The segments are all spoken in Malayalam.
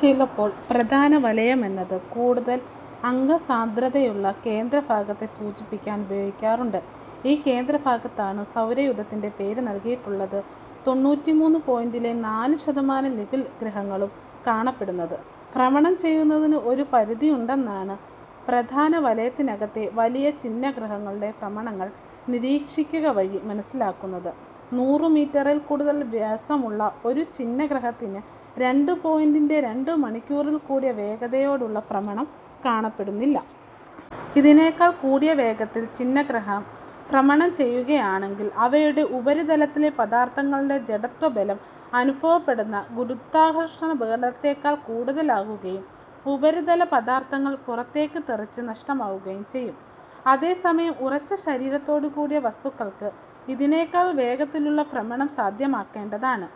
ചിലപ്പോൾ പ്രധാന വലയം എന്നത് കൂടുതൽ അംഗസാന്ദ്രതയുള്ള കേന്ദ്ര ഭാഗത്തെ സൂചിപ്പിക്കാൻ ഉപയോഗിക്കാറുണ്ട്. ഈ കേന്ദ്ര ഭാഗത്താണ് സൗരയൂഥത്തിൽ പേര് നൽകപ്പെട്ടിട്ടുള്ള തൊണ്ണൂറ്റിമൂന്ന് പോയിൻ്റെ നാല് ശതമാനം ലഘുഗ്രഹങ്ങളും കാണപ്പെടുന്നത്. ഭ്രമണം ചെയ്യുന്നതിന് ഒരു പരിധിയുണ്ടെന്നാണ് പ്രധാനവലയത്തിനകത്തെ വലിയ ഛിന്നഗ്രഹങ്ങളുടെ ഭ്രമണങ്ങൾ നിരീക്ഷിക്കുകവഴി മനസ്സിലാകുന്നത്. നൂറ് മീറ്ററിൽ കൂടുതൽ വ്യാസമുള്ള ഒരു ഛിന്നഗ്രഹത്തിനും രണ്ട് പോയിൻ്റെ രണ്ട് മണിക്കൂറിൽ കൂടിയ വേഗതയോടെയുള്ള ഭ്രമണം കാണപ്പെടുന്നില്ല. ഇതിനേക്കാൾ കൂടിയ വേഗത്തിൽ ഛിന്നഗ്രഹം ഭ്രമണം ചെയ്യുകയാണെങ്കിൽ അവയുടെ ഉപരിതലത്തിൽ പദാർത്ഥങ്ങളുടെ ജഡത്വബലം അനുഭവപ്പെടുന്ന ഗുരുത്വാകർഷണബലത്തേക്കാൾ കൂടുതലാകുകയും ഉപരിതല പദാർത്ഥങ്ങൾ പുറത്തേക്ക് തെറിച്ച് നഷ്ടമാകുകയും ചെയ്യും. അതേ സമയം ഉറച്ച ശരീരത്തോടു കൂടിയ വസ്തുക്കൾക്ക് ഇതിനേക്കാൾ വേഗത്തിലുള്ള ഭ്രമണം സാധ്യമാകേണ്ടതാണ്.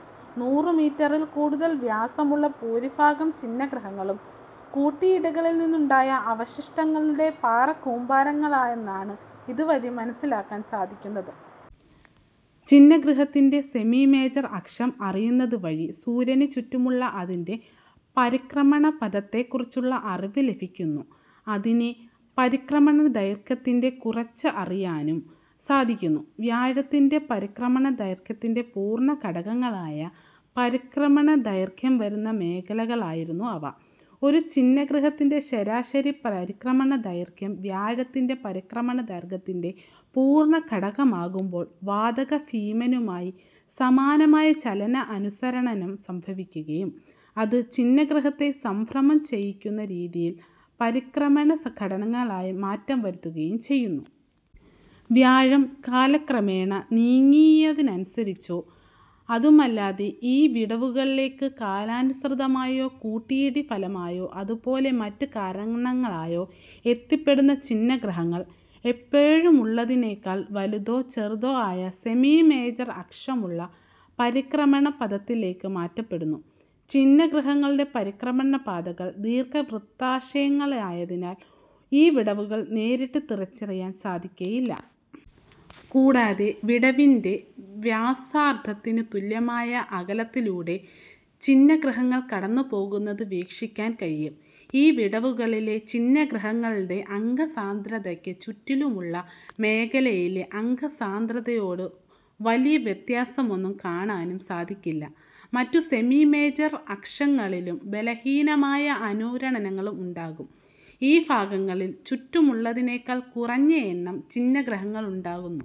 നൂറ് മീറ്ററിൽ കൂടുതൽ വ്യാസമുള്ള ഭൂരിഭാഗം ഛിന്നഗ്രഹങ്ങളും കൂട്ടിയിടികളിൽ നിന്നുണ്ടായ അവശിഷ്ടങ്ങളുടെ പാറക്കൂമ്പാരങ്ങളാന്നാണ് ഇതുവഴി മനസ്സിലാക്കാൻ സാധിക്കുന്നത്. ഛിന്നഗ്രഹത്തിൻ്റെ സെമി മേജർ അക്ഷം അറിയുന്നതുവഴി സൂര്യനു ചുറ്റുമുള്ള അതിൻ്റെ പരിക്രമണപഥത്തെ കുറിച്ചുള്ള അറിവ് ലഭിക്കുന്നു, അതിൻ്റെ പരിക്രമണ ദൈർഘ്യത്തെ കുറിച്ച് അറിയാനും സാധിക്കുന്നു. വ്യാഴത്തിൻ്റെ പരിക്രമണ ദൈർഘ്യത്തിൻ്റെ പൂർണ്ണ ഘടകങ്ങളായ പരിക്രമണ ദൈർഘ്യം വരുന്ന മേഖലകളായിരുന്നു അവ.ഒരു ഛിന്നഗ്രഹത്തിൻ്റെ ശരാശരി പരിക്രമണ ദൈർഘ്യം വ്യാഴത്തിൻ്റെ പരിക്രമണ ദൈർഘ്യത്തിൻ്റെ പൂർണ്ണ ഘടകമാകുമ്പോൾ വാതക ഭീമനുമായി സമമായ ചലന അനുസരണനം സംഭവിക്കുകയും അത് ഛിന്നഗ്രഹത്തെ സംഭ്രമം ചെയ്യിക്കുന്ന രീതിയിൽ പരിക്രമണ ഘടകങ്ങളിൽ മാറ്റം വരുത്തുകയും ചെയ്യുന്നു. വ്യാഴം കാലക്രമേണ നീങ്ങുന്നതിനനുസരിച്ചോ അതുമല്ലാതെ ഈ വിടവുകളിലേക്ക് കാലാനുസൃതമായോ കൂട്ടിയിടി ഫലമായോ അതുപോലെ മറ്റ് കാരണങ്ങളാലോ എത്തിപ്പെടുന്ന ഛിന്നഗ്രഹങ്ങൾ അപ്പോഴുള്ളതിനേക്കാൽ വലുതോ ചെറുതോ ആയ സെമി മേജർ അക്ഷമുള്ള പരിക്രമണം പഥത്തിലേക്ക് മാറ്റപ്പെടുന്നു. ഛിന്നഗ്രഹങ്ങളുടെ പരിക്രമണ പാതകൾ ദീർഘവൃത്താശയങ്ങളായതിനാൽ ഈ വിടവുകൾ നേരിട്ട് തിരിച്ചറിയാൻ സാധിക്കില്ല. കൂടാതെ വിടവിൻ്റെ വ്യാസാർദ്ധത്തിനു തുല്യമായ അകലത്തിലൂടെ ഛിന്നഗ്രഹങ്ങൾ കടന്നുപോകുന്നതും വീക്ഷിക്കാൻ കഴിയും. ഈ വിടവുകളിലെ ഛിന്നഗ്രഹങ്ങളുടെ അംഗസാന്ദ്രതയ്ക്ക് ചുറ്റിലുമുള്ള മേഖലകളിലെ അംഗസാന്ദ്രതയോട് വലിയ വ്യത്യാസമൊന്നും കാണാനും സാധിക്കില്ല. മറ്റ് സെമി മേജർ അക്ഷങ്ങളിലും ബലഹീനമായ അനുരണങ്ങൾ ഉണ്ടാകും, ഈ ഭാഗങ്ങളിൽ ചുറ്റിലുള്ളതിനേക്കാൾ കുറഞ്ഞ എണ്ണം ഛിന്നഗ്രഹങ്ങളാണുണ്ടാകുക.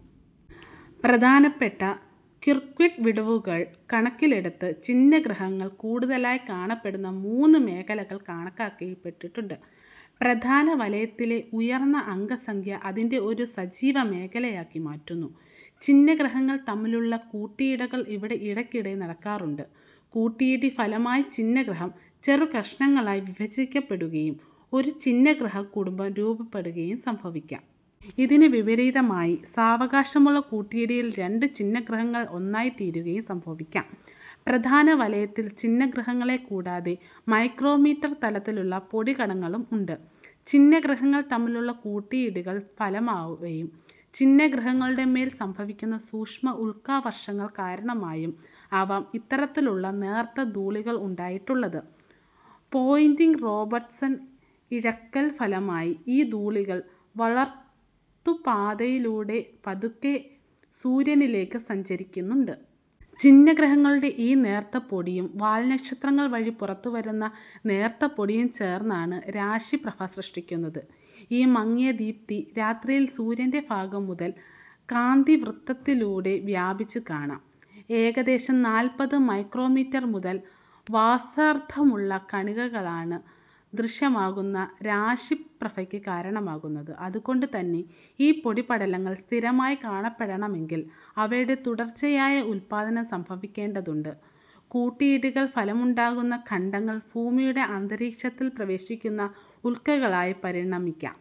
പ്രധാനപ്പെട്ട കിർക്ക്വുഡ് വിടവുകൾ കണക്കിലെടുത്ത് ഛിന്നഗ്രഹങ്ങൾ കൂടുതലായി കാണപ്പെടുന്ന മൂന്ന് മേഖലകൾ കണക്കാക്കപ്പെട്ടിട്ടുണ്ട്. പ്രധാനവലയത്തിലെ ഉയർന്ന അംഗ സംഖ്യ അതിനെ ഒരു സജീവ മേഖലയാക്കി മാറ്റുന്നു, ഛിന്നഗ്രഹങ്ങൾ തമ്മിലുള്ള കൂട്ടിയിടികൾ ഇവിടെ ഇടയ്ക്കിടെ നടക്കാറുണ്ട്. കൂട്ടിയിടി ഫലമായി ഛിന്നഗ്രഹം ചെറു കഷണങ്ങളായി വിഭജിക്കപ്പെടുകയും ഒരു ഛിന്നഗ്രഹ കുടുംബം രൂപപ്പെടുകയും സംഭവിക്കാം. ഇതിനു വിപരീതമായി സാവകാശമുള്ള കൂട്ടിയിടിയിൽ രണ്ട് ഛിന്നഗ്രഹങ്ങൾ ഒന്നായി തീരുകയും സംഭവിക്കാം. പ്രധാനവലയത്തിൽ ഛിന്നഗ്രഹങ്ങളെ കൂടാതെ മൈക്രോമീറ്റർ തലത്തിലുള്ള പൊടി കണങ്ങളും ഉണ്ട്. ഛിന്നഗ്രഹങ്ങൾ തമ്മിലുള്ള കൂട്ടിയിടികൾ ഫലമായും, ഛിന്നഗ്രഹങ്ങളുടെ മേൽ സംഭവിക്കുന്ന സൂക്ഷ്മ ഉൽക്കാവർഷങ്ങൾ കാരണമായും ആവാം ഇത്തരത്തിലുള്ള നേർത്ത ധൂളികൾ ഉണ്ടായിട്ടുള്ളത്. പോയിൻ്റിങ് റോബേർട്ട്സൺ ഇഴക്കൽ ഫലമായി ഈ ധൂളികൾ വർത്തുളപാതയിലൂടെ പതുക്കെ സൂര്യനിലേക്ക് സഞ്ചരിക്കുന്നുണ്ട്. ഛിന്നഗ്രഹങ്ങളുടെ ഈ നേർത്ത പൊടിയും വാൽനക്ഷത്രങ്ങൾ വഴി പുറത്തുവരുന്ന നേർത്തപൊടിയും ചേർന്നാണ് രാശി പ്രഭ സൃഷ്ടിക്കുന്നത്. ഈ മങ്ങിയ ദീപ്തി രാത്രിയിൽ സൂര്യൻ്റെ ഭാഗം മുതൽ കാന്തിവൃത്തതിലൂടെ വ്യാപിച്ച് കാണാം. ഏകദേശം നാൽപ്പത് മൈക്രോമീറ്റർ മുതൽ വാസാർദ്ധമുള്ള കണികളാണ് ദൃശ്യമാകുന്ന രാശിപ്രഭയ്ക്ക് കാരണമാകുന്നത്. അതുകൊണ്ട് തന്നെ ഈ പൊടിപടലങ്ങൾ സ്ഥിരമായി കാണപ്പെടണമെങ്കിൽ അവയുടെ തുടർച്ചയായ ഉല്പാദനം സംഭവിക്കേണ്ടതുണ്ട്. കൂട്ടിയിടികൾ ഫലമായുണ്ടാകുന്ന ഖണ്ഡങ്ങൾ ഭൂമിയുടെ അന്തരീക്ഷത്തിൽ പ്രവേശിക്കുന്ന ഉൽക്കകളായി പരിണമിക്കാം.